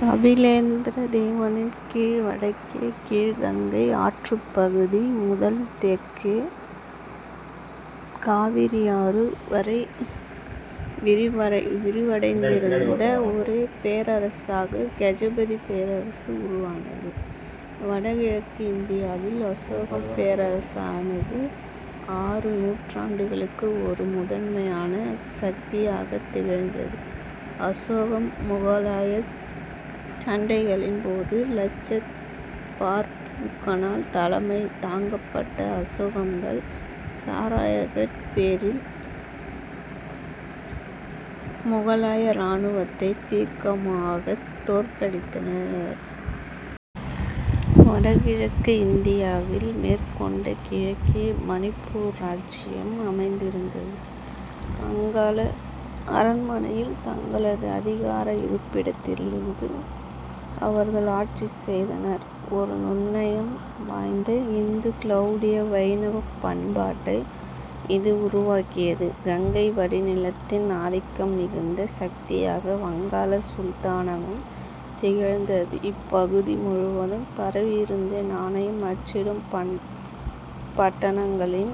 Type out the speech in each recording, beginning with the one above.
கபிலேந்திர தேவனின் கீழ் வடக்கே கீழ் கங்கை ஆற்றுப்பகுதி முதல் தெற்கே காவிரியாறு வரை விரிவடைந்திருந்த ஒரு பேரரசாக கஜபதி பேரரசு உருவானது. வடகிழக்கு இந்தியாவில் அகோம் பேரரசானது ஆறு நூற்றாண்டுகளுக்கு ஒரு முதன்மையான சக்தியாகத் திகழ்ந்தது. அகோம்-முகலாயச் சண்டைகளின் போது லச்சித் பர்பூக்கனால் தலைமை தாங்கப்பட்ட அகோம்கள் சராய்காட் போரில் முகலாய இராணுவத்தைத் தீர்க்கமாகத் தோற்கடித்தனர். வடகிழக்கு இந்தியாவில் மேற்கொண்டு கிழக்கே மணிப்பூர் இராச்சியம் அமைந்திருந்தது. காங்லா அரண்மனையில் தங்களது அதிகார இருப்பிடத்திலிருந்து அவர்கள் ஆட்சி செய்தனர். ஒரு நுண்ணயம் வாய்ந்த இந்து கௌடிய வைணவப் பண்பாட்டை இது உருவாக்கியது. கங்கை வடிநிலத்தின் ஆதிக்கம் மிகுந்த சக்தியாக வங்காள சுல்தானகம் திகழ்ந்தது. இப்பகுதி முழுவதும் பரவியிருந்த நாணயம் அச்சிடும் பட்டணங்களின்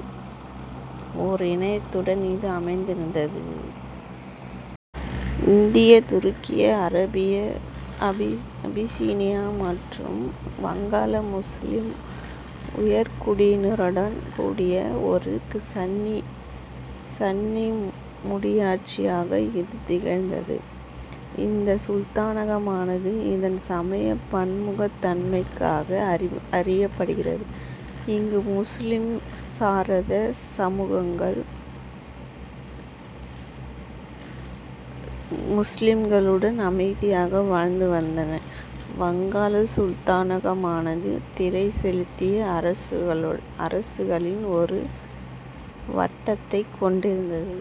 ஓர் இணையத்துடன் இது அமைந்திருந்தது. இந்திய-துருக்கிய, அரேபிய, அபிசீனிய மற்றும் வங்காள-முசுலிம் உயர்குடியினருடன் கூடிய ஒரு சன்னி முடியாட்சியாக இது திகழ்ந்தது. இந்த சுல்தானகமானது இதன் சமய பன்முகத் தன்மைக்காக அறியப்படுகிறது. இங்கு முசுலிம் சாராத சமூகங்கள் முசுலிம்களுடன் அமைதியாக வாழ்ந்து வந்தன. வங்காள சுல்தானகமானது திறை செலுத்திய அரசுகளின் ஒரு வட்டத்தைக் கொண்டிருந்தது.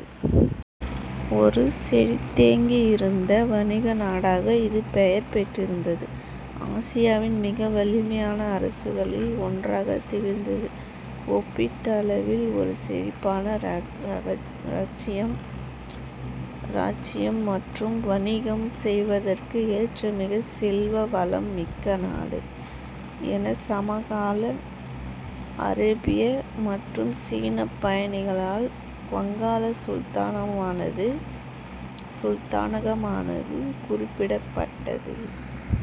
ஒரு செழித்தோங்கியிருந்த வணிக நாடாக இது பெயர் பெற்றிருந்தது. ஆசியாவின் மிக வலிமையான அரசுகளில் ஒன்றாகத் திகழ்ந்தது. ஒப்பீட்டளவில் ஒரு செழிப்பான இராச்சியம் மற்றும் "வணிகம் செய்வதற்கு ஏற்ற மிக செல்வ வளம் மிக்க நாடு" என சமகால ஐரோப்பிய மற்றும் சீனப் பயணிகளால் வங்காள சுல்தானகமானது குறிப்பிடப்பட்டது.